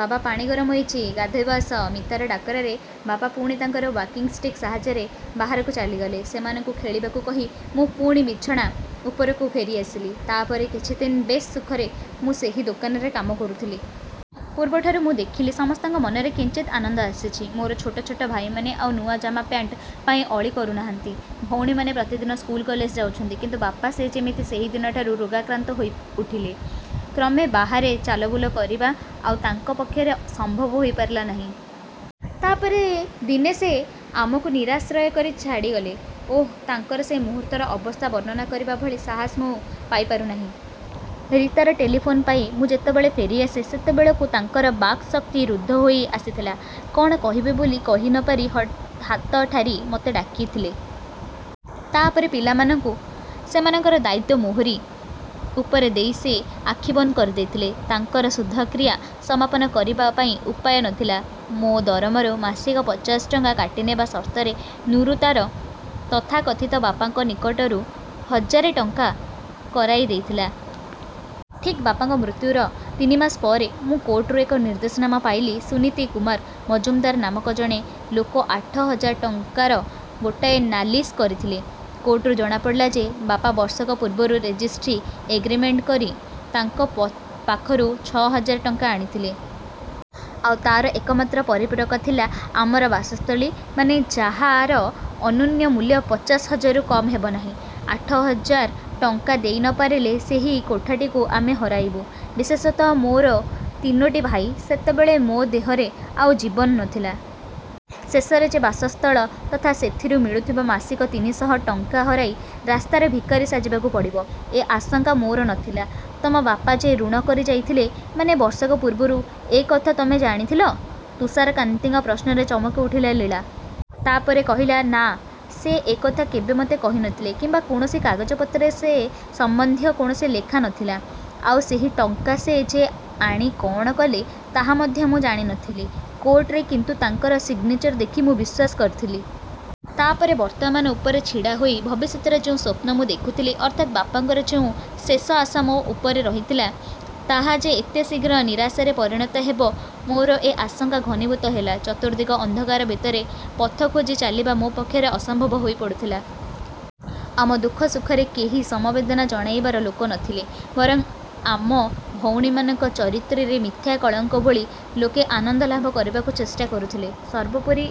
ବାବା, ପାଣି ଗରମ ହୋଇଛି, ଗାଧୋଇବ ଆସ। ମୀତାର ଡାକରାରେ ବାପା ପୁଣି ତାଙ୍କର ୱାକିଂ ଷ୍ଟିକ୍ ସାହାଯ୍ୟରେ ବାହାରକୁ ଚାଲିଗଲେ। ସେମାନଙ୍କୁ ଖେଳିବାକୁ କହି ମୁଁ ପୁଣି ବିଛଣା ଉପରକୁ ଫେରିଆସିଲି। ତା ପରେ କିଛିଦିନ ବେଶ୍ ସୁଖରେ ମୁଁ ସେହି ଦୋକାନରେ କାମ କରୁଥିଲି। ପୂର୍ବଠାରୁ ମୁଁ ଦେଖିଲି ସମସ୍ତଙ୍କ ମନରେ କିଞ୍ଚିତ୍ ଆନନ୍ଦ ଆସିଛି। ମୋର ଛୋଟ ଛୋଟ ଭାଇମାନେ ଆଉ ନୂଆ ଜାମା ପ୍ୟାଣ୍ଟ ପାଇଁ ଅଳି କରୁନାହାନ୍ତି। ଭଉଣୀମାନେ ପ୍ରତିଦିନ ସ୍କୁଲ, କଲେଜ ଯାଉଛନ୍ତି। କିନ୍ତୁ ବାପା, ସେ ଯେମିତି ସେହି ଦିନଠାରୁ ରୋଗାକ୍ରାନ୍ତ ହୋଇଉଠିଲେ। କ୍ରମେ ବାହାରେ ଚାଲବୁଲ କରିବା ଆଉ ତାଙ୍କ ପକ୍ଷରେ ସମ୍ଭବ ହୋଇପାରିଲା ନାହିଁ। ତା ପରେ ଦିନେ ସେ ଆମକୁ ନିରାଶ୍ରୟ କରି ଛାଡ଼ିଗଲେ। ଓଃ, ତାଙ୍କର ସେ ମୁହୂର୍ତ୍ତର ଅବସ୍ଥା ବର୍ଣ୍ଣନା କରିବା ଭଳି ସାହସ ମୁଁ ପାଇପାରୁନାହିଁ। ରୀତାର ଟେଲିଫୋନ୍ ପାଇ ମୁଁ ଯେତେବେଳେ ଫେରିଆସେ, ସେତେବେଳକୁ ତାଙ୍କର ବାକ୍‌ଶକ୍ତି ରୁଦ୍ଧ ହୋଇ ଆସିଥିଲା। କଣ କହିବେ ବୋଲି କହି ନ ପାରି ହାତ ଠାରି ମୋତେ ଡାକିଥିଲେ। ତା ପରେ ପିଲାମାନଙ୍କୁ। ସେମାନଙ୍କର ଦାୟିତ୍ୱ ମୋହରି ଉପରେ ଦେଇ ସେ ଆଖି ବନ୍ଦ କରିଦେଇଥିଲେ। ତାଙ୍କର ଶୁଦ୍ଧକ୍ରିୟା ସମାପନ କରିବା ପାଇଁ ଉପାୟ ନଥିଲା। ମୋ ଦରମାରୁ ମାସିକ ପଚାଶ ଟଙ୍କା କାଟିନେବା ସର୍ତ୍ତରେ ନୁରୁ ତାର ତଥାକଥିତ ବାପାଙ୍କ ନିକଟରୁ ହଜାରେ ଟଙ୍କା କରାଇ ଦେଇଥିଲା। ଠିକ୍ ବାପାଙ୍କ ମୃତ୍ୟୁର ତିନି ମାସ ପରେ ମୁଁ କୋର୍ଟରୁ ଏକ ନିର୍ଦ୍ଦେଶନାମା ପାଇଲି। ସୁନୀତି କୁମାର ମଜୁମଦାର ନାମକ ଜଣେ ଲୋକ ଆଠ ହଜାର ଟଙ୍କାର ଗୋଟାଏ ନାଲିସ୍ କରିଥିଲେ। କୋର୍ଟରୁ ଜଣାପଡ଼ିଲା ଯେ, ବାପା ବର୍ଷକ ପୂର୍ବରୁ ରେଜିଷ୍ଟ୍ରି ଏଗ୍ରିମେଣ୍ଟ କରି ତାଙ୍କ ପାଖରୁ ଛ' ହଜାର ଟଙ୍କା ଆଣିଥିଲେ। ଆଉ ତାର ଏକମାତ୍ର ପରିପୂରକ ଥିଲା ଆମର ବାସସ୍ଥଳୀ, ମାନେ, ଯାହାର ଅନ୍ୟୂନ ମୂଲ୍ୟ ପଚାଶ ହଜାରରୁ କମ୍ ହେବ ନାହିଁ। ଆଠ ହଜାର ଟଙ୍କା ଦେଇ ନ ପାରିଲେ, ସେହି କୋଠାଟିକୁ ଆମେ ହରାଇବୁ। ବିଶେଷତଃ ମୋର ତିନୋଟି ଭାଇ, ସେତେବେଳେ ମୋ ଦେହରେ ଆଉ ଜୀବନ ନଥିଲା। ଶେଷରେ ଯେ ବାସସ୍ଥଳ ତଥା ସେଥିରୁ ମିଳୁଥିବା ମାସିକ ତିନି ଶହ ଟଙ୍କା ହରାଇ ରାସ୍ତାର ଭିକାରୀ ସାଜିବାକୁ ପଡ଼ିବ, ଏ ଆଶଙ୍କା ମୋର ନଥିଲା। ତମ ବାପା ଯେ ଋଣ କରି ଯାଇଥିଲେ, ମାନେ ବର୍ଷକ ପୂର୍ବରୁ ଏ କଥା ତମେ ଜାଣିଥିଲ? ତୁଷାରକାନ୍ତିଙ୍କ ପ୍ରଶ୍ନରେ ଚମକିଉଠିଲା ଲୀଳା। ତା ପରେ କହିଲା, ନା, ସେ ଏ କଥା କେବେ ମୋତେ କହିନଥିଲେ କିମ୍ବା କୌଣସି କାଗଜପତ୍ରରେ ସେ ସମ୍ବନ୍ଧୀୟ କୌଣସି ଲେଖା ନଥିଲା। ଆଉ ସେହି ଟଙ୍କା ସେ ଯେ ଆଣି କଣ କଲେ, ତାହା ମଧ୍ୟ ମୁଁ ଜାଣିନଥିଲି। କୋର୍ଟରେ କିନ୍ତୁ ତାଙ୍କର ସିଗ୍ନେଚର ଦେଖି ମୁଁ ବିଶ୍ୱାସ କରିଥିଲି। ତା ପରେ? ବର୍ତ୍ତମାନ ଉପରେ ଛିଡ଼ା ହୋଇ ଭବିଷ୍ୟତରେ ଯେଉଁ ସ୍ୱପ୍ନ ମୁଁ ଦେଖୁଥିଲି, ଅର୍ଥାତ୍ ବାପାଙ୍କର ଯେଉଁ ଶେଷ ଆଶା ମୋ ଉପରେ ରହିଥିଲା, ତାହା ଯେ ଏତେ ଶୀଘ୍ର ନିରାଶାରେ ପରିଣତ ହେବ, ମୋର ଏ ଆଶଙ୍କା ଘନୀଭୂତ ହେଲା। ଚତୁର୍ଦ୍ଦିଗ ଅନ୍ଧକାର ଭିତରେ ପଥ ଖୋଜି ଚାଲିବା ମୋ ପକ୍ଷରେ ଅସମ୍ଭବ ହୋଇପଡ଼ୁଥିଲା। ଆମ ଦୁଃଖ ସୁଖରେ କେହି ସମବେଦନା ଜଣାଇବାର ଲୋକ ନଥିଲେ। ବରଂ ଆମ ଭଉଣୀମାନଙ୍କ ଚରିତ୍ରରେ ମିଥ୍ୟା କଳଙ୍କ ବୋଳି ଲୋକେ ଆନନ୍ଦଲାଭ କରିବାକୁ ଚେଷ୍ଟା କରୁଥିଲେ। ସର୍ବୋପରି